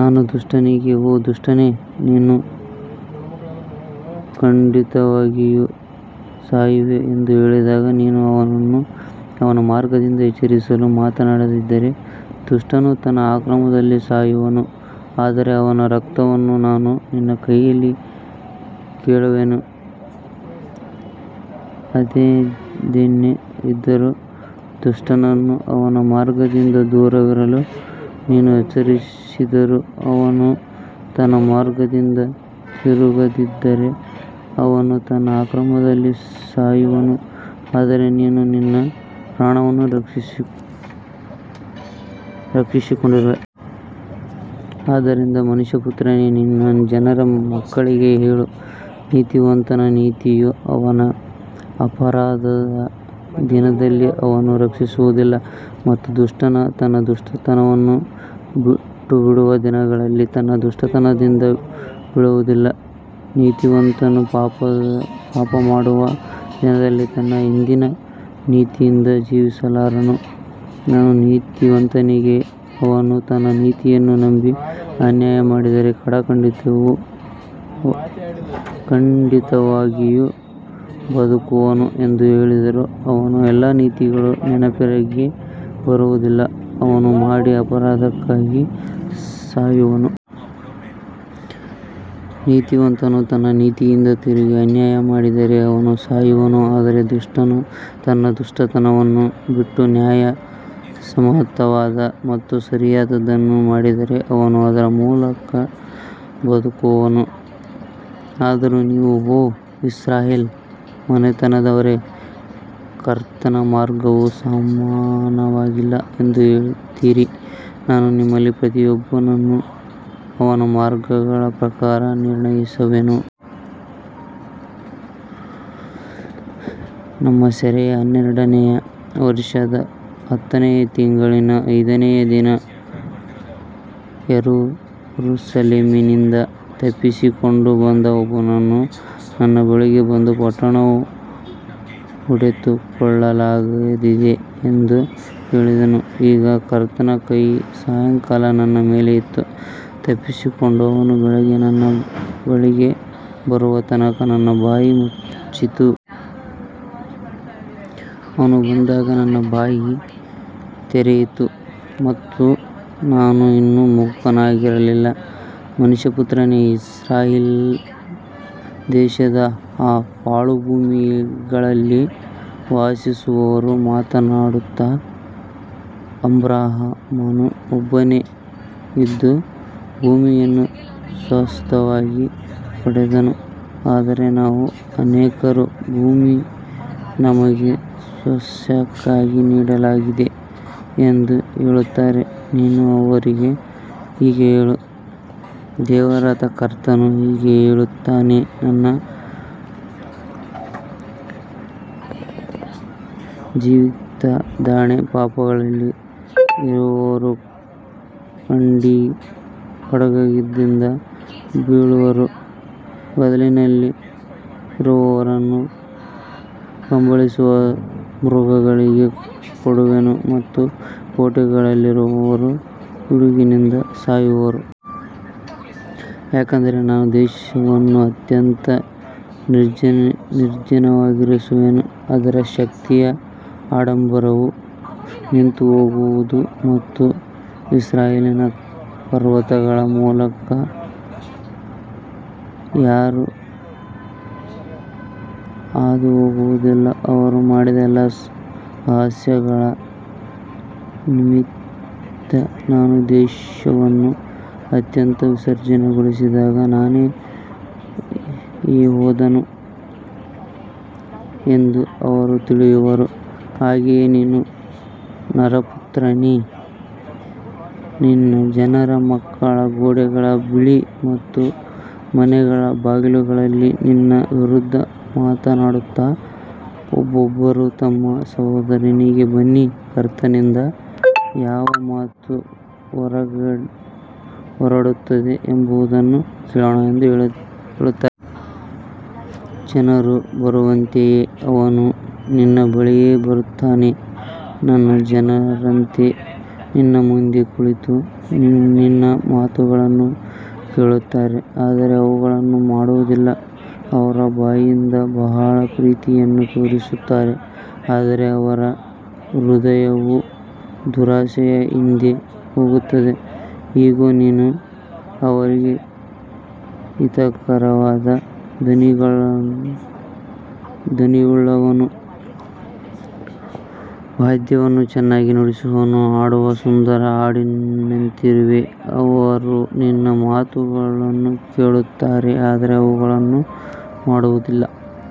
ನಾನು ದುಷ್ಟನಿಗೆ, ಓ ದುಷ್ಟನೇ, ನೀನು ಖಂಡಿತವಾಗಿಯೂ ಸಾಯುವೆ ಎಂದು ಹೇಳಿದಾಗ, ನೀನು ಅವನನ್ನು ಅವನ ಮಾರ್ಗದಿಂದ ಎಚ್ಚರಿಸಲು ಮಾತನಾಡದಿದ್ದರೆ ದುಷ್ಟನು ತನ್ನ ಅಕ್ರಮದಲ್ಲಿ ಸಾಯುವನು, ಆದರೆ ಅವನ ರಕ್ತವನ್ನು ನಾನು ನಿನ್ನ ಕೈಯಲ್ಲಿ ಕೇಳುವೆನು. ಅದೇನೇ ಇದ್ದರೂ, ದುಷ್ಟನನ್ನು ಅವನ ಮಾರ್ಗದಿಂದ ದೂರವಿರಲು ನೀನು ಎಚ್ಚರಿಸಿದರೂ ಅವನು ತನ್ನ ಮಾರ್ಗದಿಂದ ತಿರುಗದಿದ್ದರೆ, ಅವನು ತನ್ನ ಅಕ್ರಮದಲ್ಲಿ ಸಾಯುವನು, ಆದರೆ ನೀನು ನಿನ್ನ ಪ್ರಾಣವನ್ನು ರಕ್ಷಿಸಿಕೊಂಡಿರುವೆ. ಆದ್ದರಿಂದ ಮನುಷ್ಯಪುತ್ರನೇ, ನಿನ್ನ ಜನರ ಮಕ್ಕಳಿಗೆ ಹೇಳು, ನೀತಿವಂತನ ನೀತಿಯು ಅವನ ಅಪರಾಧದ ದಿನದಲ್ಲಿ ಅವನನ್ನು ರಕ್ಷಿಸುವುದಿಲ್ಲ ಮತ್ತು ದುಷ್ಟನು ತನ್ನ ದುಷ್ಟತನವನ್ನು ಬಿಟ್ಟುಬಿಡುವ ದಿನದಲ್ಲಿ ತನ್ನ ದುಷ್ಟತನದಿಂದ ಬೀಳುವುದಿಲ್ಲ. ನೀತಿವಂತನು ಪಾಪಮಾಡುವ ದಿನದಲ್ಲಿ ತನ್ನ ಹಿಂದಿನ ನೀತಿಯಿಂದ ಜೀವಿಸಲಾರನು. ನಾನು ನೀತಿವಂತನಿಗೆ, ಅವನು ತನ್ನ ನೀತಿಯನ್ನು ನಂಬಿ ಅನ್ಯಾಯ ಮಾಡಿದರೆ ಖಂಡಿತವಾಗಿಯೂ ಬದುಕುವನು ಎಂದು ಹೇಳಿದರೂ, ಅವನ ಎಲ್ಲಾ ನೀತಿಗಳು ನೆನಪಿಗೆ ಬರುವುದಿಲ್ಲ, ಅವನು ಮಾಡಿದ ಅಪರಾಧಕ್ಕಾಗಿ ಸಾಯುವನು. ನೀತಿವಂತನು ತನ್ನ ನೀತಿಯಿಂದ ತಿರುಗಿ ಅನ್ಯಾಯ ಮಾಡಿದರೆ ಅವನು ಸಾಯುವನು, ಆದರೆ ದುಷ್ಟನು ತನ್ನ ದುಷ್ಟತನವನ್ನು ಬಿಟ್ಟು ನ್ಯಾಯಸಮ್ಮತವಾದ ಮತ್ತು ಸರಿಯಾದದ್ದನ್ನು ಮಾಡಿದರೆ ಅವನು ಅದರ ಮೂಲಕ ಬದುಕುವನು. ಆದರೂ ನೀವು, ಓ ಇಸ್ರಾಯೇಲ್ ಮನೆತನದವರೇ, ಕರ್ತನ ಮಾರ್ಗವು ಸಮಾನವಾಗಿಲ್ಲ ಎಂದು ಹೇಳುತ್ತೀರಿ. ನಾನು ನಿಮ್ಮಲ್ಲಿ ಪ್ರತಿಯೊಬ್ಬನನ್ನೂ ಅವನ ಮಾರ್ಗಗಳ ಪ್ರಕಾರ ನಿರ್ಣಯಿಸುವೆನು. ನಮ್ಮ ಸೆರೆಯ ಹನ್ನೆರಡನೆಯ ವರ್ಷದ ಹತ್ತನೆಯ ತಿಂಗಳಿನ ಐದನೆಯ ದಿನ ಯೆರೂಸಲೇಮಿನಿಂದ ತಪ್ಪಿಸಿಕೊಂಡು ಬಂದ ಒಬ್ಬನು ನನ್ನ ಬಳಿಗೆ ಬಂದು, ಪಟ್ಟಣವು ಹೊಡೆತಕ್ಕೊಳಗಾಗಿದೆ ಎಂದು ಹೇಳಿದನು. ಈಗ ಕರ್ತನ ಕೈ ಸಾಯಂಕಾಲ ನನ್ನ ಮೇಲೆ ಇತ್ತು, ತಪ್ಪಿಸಿಕೊಂಡವನು ಬೆಳಿಗ್ಗೆ ನನ್ನ ಬಳಿಗೆ ಬರುವ ತನಕ ನನ್ನ ಬಾಯಿ ಮುಚ್ಚಿತ್ತು. ಅವನು ಬಂದಾಗ ನನ್ನ ಬಾಯಿ ತೆರೆಯಿತು ಮತ್ತು ನಾನು ಇನ್ನು ಮೂಕನಾಗಿರಲಿಲ್ಲ. ಮನುಷ್ಯಪುತ್ರನೇ, ಇಸ್ರಾಯೇಲ್ ದೇಶದ ಆ ಪಾಳುಭೂಮಿಗಳಲ್ಲಿ ವಾಸಿಸುವವರು ಮಾತನಾಡುತ್ತಾ, ಅಬ್ರಹಾಮನು ಒಬ್ಬನೇ ಇದ್ದು ಭೂಮಿಯನ್ನು ಸ್ವಾಸ್ತ್ಯವಾಗಿ ಪಡೆದನು, ಆದರೆ ನಾವು ಅನೇಕರು, ಭೂಮಿ ನಮಗೆ ಸ್ವಾಸ್ತ್ಯಕ್ಕಾಗಿ ನೀಡಲಾಗಿದೆ ಎಂದು ಹೇಳುತ್ತಾರೆ. ನೀನು ಅವರಿಗೆ ಹೀಗೆ ಹೇಳು, ದೇವರಾದ ಕರ್ತನು ಹೀಗೆ ಹೇಳುತ್ತಾನೆ, ನನ್ನ ಜೀವಿತದಾಣೆ, ಪಾಳುಗಳಲ್ಲಿ ಇರುವವರು ಖಡ್ಗದಿಂದ ಬೀಳುವರು, ಬಯಲಿನಲ್ಲಿರುವವರನ್ನು ಕಬಳಿಸುವ ಮೃಗಗಳಿಗೆ ಕೊಡುವೆನು ಮತ್ತು ಕೋಟೆಗಳಲ್ಲಿರುವವರು ಪಿಡುಗಿನಿಂದ ಸಾಯುವರು. ಯಾಕಂದರೆ ನಾನು ದೇಶವನ್ನು ಅತ್ಯಂತ ನಿರ್ಜನವಾಗಿಸುವೆನು, ಅದರ ಶಕ್ತಿಯ ಆಡಂಬರವು ನಿಂತುಹೋಗುವುದು ಮತ್ತು ಇಸ್ರಾಯೇಲಿನ ಪರ್ವತಗಳ ಮೂಲಕ ಯಾರೂ ಹಾದುಹೋಗುವುದಿಲ್ಲ. ಅವರು ಮಾಡಿದ ಎಲ್ಲಾ ಅಸಹ್ಯಗಳ ನಿಮಿತ್ತ ನಾನು ದೇಶವನ್ನು ಅತ್ಯಂತ ನಿರ್ಜನಗೊಳಿಸಿದಾಗ ನಾನೇ ಯೆಹೋವನು ಎಂದು ಅವರು ತಿಳಿಯುವರು. ಹಾಗೆಯೇ ನೀನು ನರಪುತ್ರನೇ, ನಿನ್ನ ಜನರ ಮಕ್ಕಳು ಗೋಡೆಗಳ ಬಳಿ ಮತ್ತು ಮನೆಗಳ ಬಾಗಿಲುಗಳಲ್ಲಿ ನಿನ್ನ ವಿರುದ್ಧ ಮಾತನಾಡುತ್ತಾ, ಒಬ್ಬೊಬ್ಬರು ತಮ್ಮ ಸಹೋದರನಿಗೆ, ಬನ್ನಿ, ಕರ್ತನಿಂದ ಯಾವ ಮಾತು ಹೊರಡುತ್ತದೆ ಎಂಬುದನ್ನು ಕೇಳೋಣ ಎಂದು ಹೇಳುತ್ತಾರೆ. ಜನರು ಬರುವಂತೆಯೇ ಅವರು ನಿನ್ನ ಬಳಿಗೆ ಬರುತ್ತಾರೆ, ನನ್ನ ಜನರಂತೆ ನಿನ್ನ ಮುಂದೆ ಕುಳಿತು ನಿನ್ನ ಮಾತುಗಳನ್ನು ಕೇಳುತ್ತಾರೆ, ಆದರೆ ಅವುಗಳನ್ನು ಮಾಡುವುದಿಲ್ಲ. ಅವರು ಬಾಯಿಂದ ಬಹಳ ಪ್ರೀತಿಯನ್ನು ತೋರಿಸುತ್ತಾರೆ, ಆದರೆ ಅವರ ಹೃದಯವು ದುರಾಶೆಯ ಹಿಂದೆ ಹೋಗುತ್ತದೆ. ಇಗೋ, ನೀನು ಅವರಿಗೆ ಹಿತಕರವಾದ ಧ್ವನಿಯುಳ್ಳವನೂ ವಾದ್ಯವನ್ನು ಚೆನ್ನಾಗಿ ನುಡಿಸುವವನೂ ಹಾಡುವ ಸುಂದರ ಹಾಡಿನಂತಿರುವೆ. ಅವರು ನಿನ್ನ ಮಾತುಗಳನ್ನು ಕೇಳುತ್ತಾರೆ, ಆದರೆ ಅವುಗಳನ್ನು ಮಾಡುವುದಿಲ್ಲ.